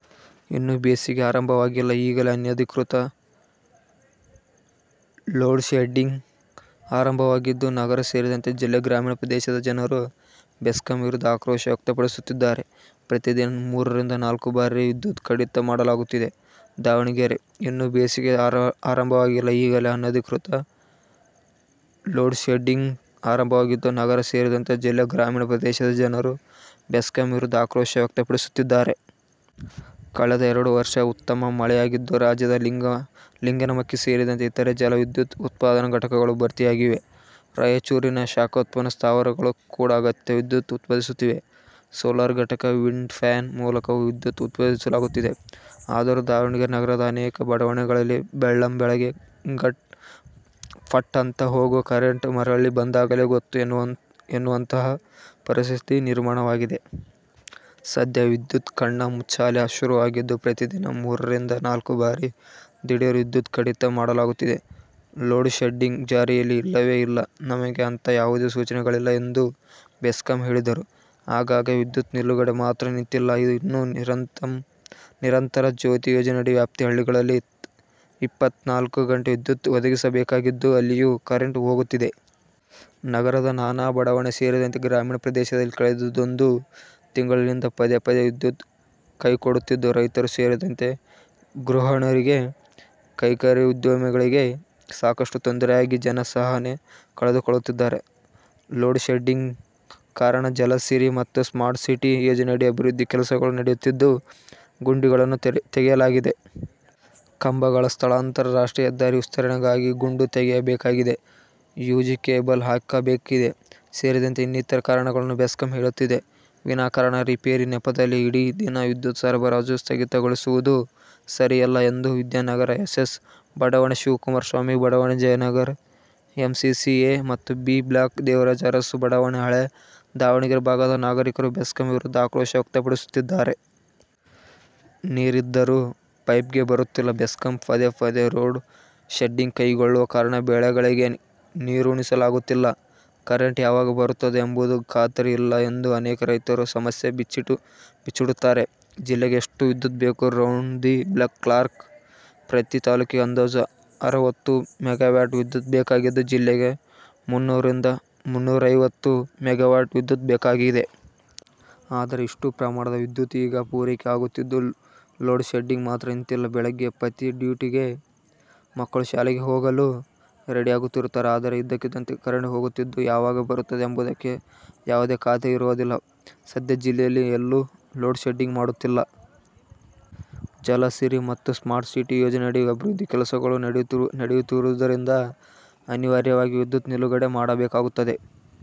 ಇನ್ನು ಬೇಸಿಗೆ ಆರಂಭವಾಗಿಲ್ಲ, ಈಗಲೇ ಅನಧಿಕೃತ ಲೋಡ್ಶೆಡ್ಡಿಂಗ್ ಆರಂಭವಾಗಿದ್ದು, ನಗರ ಸೇರಿದಂತೆ ಜಿಲ್ಲೆಯ ಗ್ರಾಮೀಣ ಪ್ರದೇಶದ ಜನರು ಬೆಸ್ಕಾಂ ವಿರುದ್ಧ ಆಕ್ರೋಶ ವ್ಯಕ್ತಪಡಿಸುತ್ತಿದ್ದಾರೆ. ಪ್ರತಿ ದಿನ ಮೂರರಿಂದ ನಾಲ್ಕು ಬಾರಿ ವಿದ್ಯುತ್ ಕಡಿತ ಮಾಡಲಾಗುತ್ತಿದೆ. ದಾವಣಗೆರೆ: ಇನ್ನು ಬೇಸಿಗೆ ಆರಂಭವಾಗಿಲ್ಲ, ಈಗಲೇ ಅನಧಿಕೃತ ಲೋಡ್ಶೆಡ್ಡಿಂಗ್ ಆರಂಭವಾಗಿದ್ದು, ನಗರ ಸೇರಿದಂತೆ ಜಿಲ್ಲೆಯ ಗ್ರಾಮೀಣ ಪ್ರದೇಶದ ಜನರು ಬೆಸ್ಕಾಂ ವಿರುದ್ಧ ಆಕ್ರೋಶ ವ್ಯಕ್ತಪಡಿಸುತ್ತಿದ್ದಾರೆ. ಕಳೆದ ಎರಡು ವರ್ಷ ಉತ್ತಮ ಮಳೆಯಾಗಿದ್ದು, ರಾಜ್ಯದ ಲಿಂಗನಮಕ್ಕಿ ಸೇರಿದಂತೆ ಇತರೆ ಜಲ ವಿದ್ಯುತ್ ಉತ್ಪಾದನಾ ಘಟಕಗಳು ಭರ್ತಿಯಾಗಿವೆ. ರಾಯಚೂರಿನ ಶಾಖೋತ್ಪನ್ನ ಸ್ಥಾವರಗಳು ಕೂಡ ಅಗತ್ಯ ವಿದ್ಯುತ್ ಉತ್ಪಾದಿಸುತ್ತಿವೆ. ಸೋಲಾರ್ ಘಟಕ, ವಿಂಡ್ ಫ್ಯಾನ್ ಮೂಲಕವೂ ವಿದ್ಯುತ್ ಉತ್ಪಾದಿಸಲಾಗುತ್ತಿದೆ. ಆದರೂ ದಾವಣಗೆರೆ ನಗರದ ಅನೇಕ ಬಡಾವಣೆಗಳಲ್ಲಿ ಬೆಳ್ಳಂ ಬೆಳ್ಳಗ್ಗೆ ಫಟ್ ಅಂತ ಹೋಗುವ ಕರೆಂಟ್, ಮರಳಿ ಬಂದಾಗಲೇ ಗೊತ್ತು ಎನ್ನುವಂಥಹ ಪರಿಸ್ಥಿತಿ ನಿರ್ಮಾಣವಾಗಿದೆ. ಸದ್ಯ ವಿದ್ಯುತ್ ಕಣ್ಣಾ ಮುಚ್ಚಾಲೆ ಶುರುವಾಗಿದ್ದು ಪ್ರತಿ ದಿನ ಮೂರರಿಂದ ನಾಲ್ಕು ಬಾರಿ ದಿಢೀರ್ ವಿದ್ಯುತ್ ಕಡಿತ ಮಾಡಲಾಗುತ್ತಿದೆ. ಲೋಡ್ ಶೆಡ್ಡಿಂಗ್ ಜಾರಿಯಲ್ಲಿ ಇಲ್ಲವೇ ಇಲ್ಲ. ನಮಗೆ ಅಂಥ ಯಾವುದೇ ಸೂಚನೆಗಳಿಲ್ಲ ಎಂದು ಬೆಸ್ಕಾಂ ಹೇಳಿದರೂ, ಆಗಾಗ ವಿದ್ಯುತ್ ನಿಲುಗಡೆ ಮಾತ್ರ ನಿಂತಿಲ್ಲ. ಇನ್ನು ನಿರಂತರ ಜ್ಯೋತಿ ಯೋಜನೆಯಡಿ ವ್ಯಾಪ್ತಿ ಹಳ್ಳಿಗಳಲ್ಲಿ ಇಪ್ಪತ್ತ ನಾಲ್ಕು ಗಂಟೆ ವಿದ್ಯುತ್ ಒದಗಿಸಬೇಕಾಗಿದ್ದು ಅಲ್ಲಿಯೂ ಕರೆಂಟ್ ಹೋಗುತ್ತಿದೆ. ನಗರದ ನಾನಾ ಬಡಾವಣೆ ಸೇರಿದಂತೆ ಗ್ರಾಮೀಣ ಪ್ರದೇಶದಲ್ಲಿ ಕಳೆದೊಂದು ತಿಂಗಳಿಂದ ಪದೇ ಪದೇ ವಿದ್ಯುತ್ ಕೈಕೊಡುತ್ತಿದ್ದು ರೈತರು ಸೇರಿದಂತೆ ಗೃಹಣಿಯರಿಗೆ, ಕೈಗಾರಿಕೋದ್ಯಮಿಗಳಿಗೆ ಸಾಕಷ್ಟು ತೊಂದರೆಯಾಗಿ ಜನ ಸಹನೆ ಕಳೆದುಕೊಳ್ಳುತ್ತಿದ್ದಾರೆ. ಲೋಡ್ ಶೆಡ್ಡಿಂಗ್ಗೆ ಕಾರಣ ಜಲಸಿರಿ ಮತ್ತು ಸ್ಮಾರ್ಟ್ ಸಿಟಿ ಯೋಜನೆಯಡಿ ಅಭಿವೃದ್ಧಿ ಕೆಲಸಗಳು ನಡೆಯುತ್ತಿದ್ದು ಗುಂಡಿಗಳನ್ನು ತೆಗೆಯಲಾಗಿದೆ. ಕಂಬಗಳ ಸ್ಥಳಾಂತರ ರಾಷ್ಟ್ರೀಯ ಹೆದ್ದಾರಿ ವಿಸ್ತರಣೆಗಾಗಿ ಗುಂಡಿ ತೆಗೆಯಬೇಕಾಗಿದೆ. ಯು ಜಿ ಕೇಬಲ್ ಹಾಕಬೇಕಿದೆ ಸೇರಿದಂತೆ ಇನ್ನಿತರ ಕಾರಣಗಳನ್ನು ಬೆಸ್ಕಾಂ ಹೇಳುತ್ತಿದೆ. ವಿನಾಕಾರಣ ರಿಪೇರಿ ನೆಪದಲ್ಲಿ ಇಡೀ ದಿನ ವಿದ್ಯುತ್ ಸರಬರಾಜು ಸ್ಥಗಿತಗೊಳಿಸುವುದು ಸರಿಯಲ್ಲ ಎಂದು ವಿದ್ಯಾನಗರ, ಎಸ್. ಎಸ್. ಬಡಾವಣೆ, ಶಿವಕುಮಾರ್ ಸ್ವಾಮಿ ಬಡಾವಣೆ, Jayanagar, M C C A ಮತ್ತು ಬಿ ಬ್ಲಾಕ್ ದೇವರಾಜು ಅರಸು ಬಡಾವಣೆ, ಹಳೇ ದಾವಣಗೆರೆ ಭಾಗದ ನಾಗರಿಕರು ಬೆಸ್ಕಾಂ ವಿರುದ್ಧ ಆಕ್ರೋಶ ವ್ಯಕ್ತಪಡಿಸುತ್ತಿದ್ದಾರೆ. ನೀರಿದ್ದರೂ ಪೈಪ್ಗೆ ಬರುತ್ತಿಲ್ಲ. ಬೆಸ್ಕಾಂ ಪದೇ ಪದೇ ಲೋಡ್ ಶೆಡ್ಡಿಂಗ್ ಕೈಗೊಳ್ಳುವ ಕಾರಣ ಬೆಳೆಗಳಿಗೆ ನೀರುಣಿಸಲಾಗುತ್ತಿಲ್ಲ. ಕರೆಂಟ್ ಯಾವಾಗ ಬರುತ್ತದೆ ಎಂಬುದೂ ಖಾತರಿ ಇಲ್ಲಎಂದು ಅನೇಕ ರೈತರು ಸಮಸ್ಯೆ ಬಿಚ್ಚಿಡುತ್ತಾರೆ. ಜಿಲ್ಲೆಗೆ ಎಷ್ಟು ವಿದ್ಯುತ್ ಬೇಕು ರೌಂಡ್ ದಿ ಕ್ಲಾಕ್ ಪ್ರತಿ ತಾಲೂಕಿಗೆ ಅಂದಾಜು ಅರವತ್ತು ಮೆಗಾವ್ಯಾಟ್ ವಿದ್ಯುತ್ ಬೇಕಾಗಿದ್ದು, ಜಿಲ್ಲೆಗೆ ಮುನ್ನೂರರಿಂದ ಮುನ್ನೂರೈವತ್ತು ಮೆಗಾವ್ಯಾಟ್ ವಿದ್ಯುತ್ ಬೇಕಾಗಿದೆ. ಆದರೆ ಇಷ್ಟೂ ಪ್ರಮಾಣದ ವಿದ್ಯುತ್ ಈಗ ಪೂರೈಕೆ ಆಗುತ್ತಿದ್ದು, ಲೋಡ್ ಶೆಡ್ಡಿಂಗ್ ಮಾತ್ರ ನಿಂತಿಲ್ಲ. ಬೆಳಗ್ಗೆ ಪತಿ ಡ್ಯೂಟಿಗೆ, ಮಕ್ಕಳು ಶಾಲೆಗೆ ಹೋಗಲು ರೆಡಿಯಾಗುತ್ತಿರುತ್ತಾರೆ. ಆದರೆ ಇದ್ದಕ್ಕಿದ್ದಂತೆ ಕರೆಂಟ್ ಹೋಗುತ್ತಿದ್ದು, ಯಾವಾಗ ಬರುತ್ತದೆ ಎಂಬುದಕ್ಕೆ ಯಾವುದೇ ಖಾತ್ರಿ ಇರೋದಿಲ್ಲ. "ಸದ್ಯ ಜಿಲ್ಲೆಯಲ್ಲಿ ಎಲ್ಲೂ ಲೋಡ್ ಶೆಡ್ಡಿಂಗ್ ಮಾಡುತ್ತಿಲ್ಲ. ಜಲಸಿರಿ ಮತ್ತು ಸ್ಮಾರ್ಟ್ ಸಿಟಿ ಯೋಜನೆಯಡಿ ಅಭಿವೃದ್ಧಿ ಕೆಲಸಗಳು ನಡೆಯುತ್ತಿರುವುದರಿಂದ ಅನಿವಾರ್ಯವಾಗಿ ವಿದ್ಯುತ್ ನಿಲುಗಡೆ ಮಾಡಬೇಕಾಗುತ್ತದೆ".